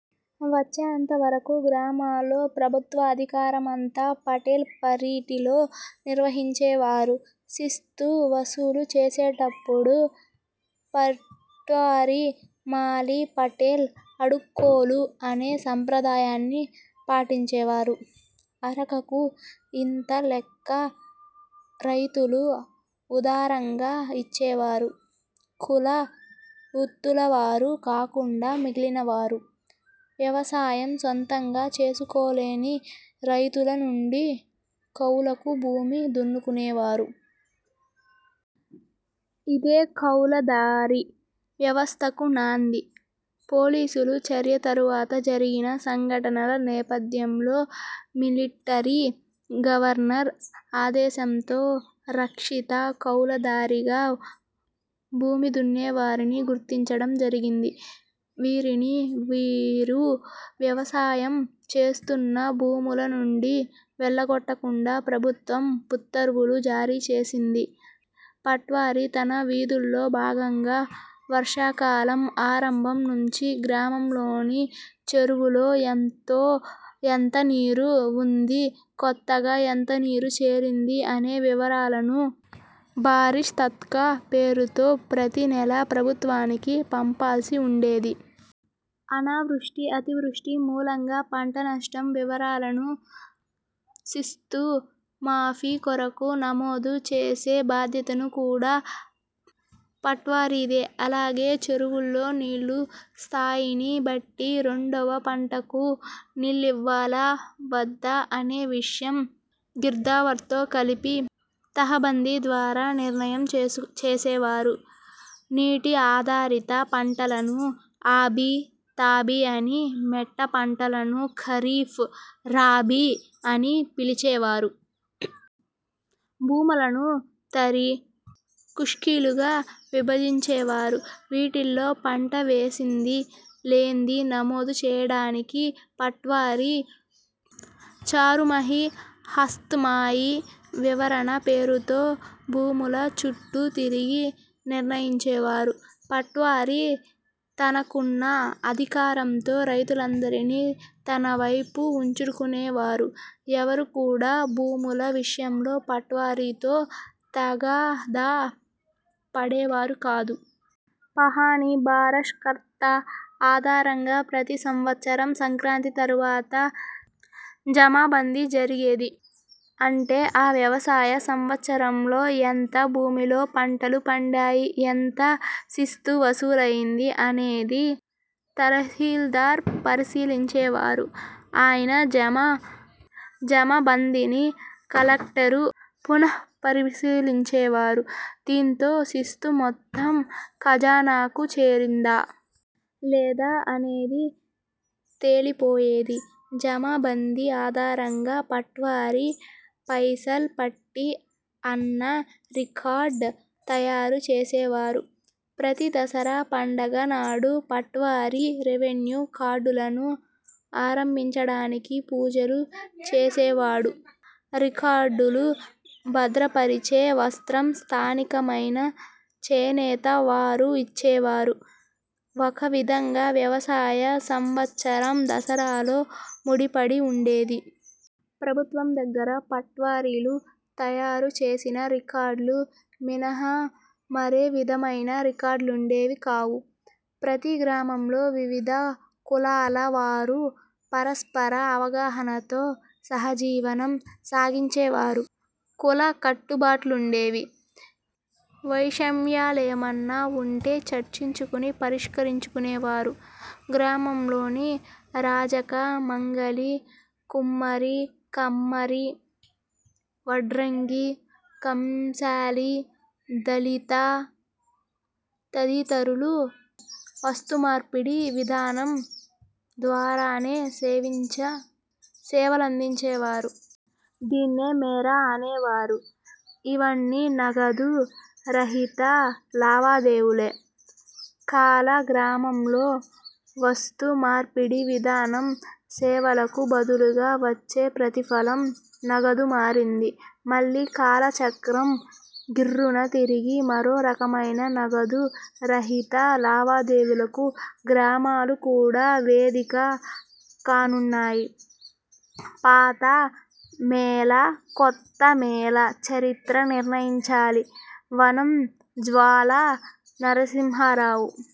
వచ్చేంత వరకూ గ్రామాలలో ప్రభుత్వాధికారమంతా పటేల్ పట్వారీలే నిర్వహించేవారు. శిస్తు వసూలు చేసేటప్పుడు పట్వారీ, మాలీ పటేల్ అడుక్కోళ్లు అనే సాంప్రదాయాన్ని పాటించేవారు. ''అరక''కు ఇంత అనే లెక్కన రైతులు ఉదారంగా ఇచ్చేవారు. కుల వృత్తులవారు కాకుండా మిగిలినవారు, వ్యవసాయం సొంతంగా చేసుకోలేని రైతుల నుండి కౌలుకు భూమి దున్నేవారు. ఇదే కౌలుదారీ వ్యవస్థకు నాంది. పోలీసు చర్య తరువాత జరిగిన సంఘటనల నేపథ్యంలో మిలిటరీ గవర్నర్ ఆదేశంతో రక్షిత కౌలుదారీలుగా భూమిదున్నేవారిని గుర్తించడం జరిగింది. వీరిని, వీరు వ్యవసా యం చేస్తున్న భూముల నుండి వెళ్లగొట్టకుండా ప్రభుత్వం ఉత్తర్వులు జారీ చేసింది. పట్వారీ తన విధుల్లో భాగంగా, వర్షాకాలం ఆరంభం నుంచి, గ్రామంలోని చెరువులో ఎంత నీరు వుంది, కొత్తగా ఎంత నీరు చేరింది అనే వివరాలను ''బారిష్ తఖ్తా'' పేరుతో ప్రతి నెలా ప్రభుత్వానికి పంపాల్సి వుండేది. అనావృష్టి, అతివృష్టి మూలంగా పంట నష్టం వివరాలను, శిస్తు మాఫీ కొరకు నమోదు చేసే బాధ్యత కూడా పట్వారీదే. అలాగే చెరువుల్లో నీళ్ల స్థాయిని బట్టి రెండవ పంటకు నీళ్లివ్వాలా? వద్దా? అనే విషయం గిర్దావర్తో కలిసి ''తహబంధీ'' ద్వారా నిర్ణయం చేసేవారు. నీటి ఆధారిత పంటలను ఆబి, తాబి అని, మెట్ట పంటలను ఖరీఫ్, రబ్బీ అని పిలిచేవారు. భూములను తరీ, ఖుష్కీలుగా విభజించేవారు. వీటిలో పంట వేసిందీ, లేందీ నమోదు చేయడానికి పట్వారీ ''చారుమహి'', ''హస్త్ మాయి'' విచారణ పేరుతో భూముల చుట్టూ తిరిగి నిర్ణయించేవారు. పట్వారీ తనకున్న అధికారంతో రైతులందరినీ తనవైపే వుంచుకునేవాడు. ఎవరు కూడా భూముల విషయంలో పట్వారీతో తగాదా పడేవారు కాదు. పహాణీ, బారష్ తఖ్తా ఆధారంగా ప్రతి సంవత్సరం సంక్రాంతి తరువాత ''జమా బందీ'' జరిగేది. అంటే, ఆ వ్యవసాయ సంవత్సరంలో ఎంత భూమిలో పంటలు పండాయి, ఎంత శిస్తు వసూలైందీ అనేది తహసీల్దార్ పరిశీలించేవారు. ఆయన జమా జమ బందీని కలెక్టర్ పునఃపరిశీలించేవారు. దీంతో శిస్తు మొత్తం ఖజానాకు చేరిందా? లేదా? అనేది తేలిపోయేది. జమా బందీ ఆధారంగా పట్వారీ ''పైసల్ పట్టీ'' అన్న రికార్డు తయారు చేసేవాడు. ప్రతి దసరా పండుగ నాడు పట్వారీ రెవెన్యూ రికార్డులను ఆరంభించడానికి పూజలు చేసేవాడు. రికార్డులు భద్రపరిచే వస్త్రం స్థానికమైన చేనేత వారు ఇచ్చేవారు. ఒక విధంగా వ్యవసాయ సంవత్సరం దసరాతో ముడిపడి వుండేది. ప్రభుత్వం దగ్గర పట్వారీలు తయారు చేసిన రికార్డులు మినహా మరే విధమైన రికార్డులుండేవి కావు. ప్రతీ గ్రామంలో వివిధ కులాల వారు పరస్పర అవగాహనతో సహజీవనం సాగించేవారు. కుల కట్టుబాట్లుండేవి. వైషమ్యాలేమన్నా వుంటే చర్చించుకుని పరిష్కరించుకునేవారు. గ్రామంలోని రజక, మంగలి, కుమ్మరి, కమ్మరి, వడ్రంగి, కంసాలి, దళిత తదితరులు వస్తుమార్పిడి విధానం ద్వారానే సేవిచే సేవలందించేవారు. దీన్నే మేర అనేవారు. ఇవన్నీ నగదు రహిత లావాదేవీలే. కాల గమనంలో, వస్తు మార్పిడి విధానం సేవలకు బదులుగా ఇచ్చే ప్రతిఫలం, నగదుగా మారింది. మళ్లీ కాల చక్రం గిర్రున తిరిగి మరో రకమైన నగదు రహిత లావాదేవీలకు గ్రామాలు కూడా వేదిక కానున్నాయి. ''పాత'' మేలా? ''కొత్త'' మేలా? చరిత్రే నిర్ణయించాలి! -వనం జ్వాలా నరసింహారావు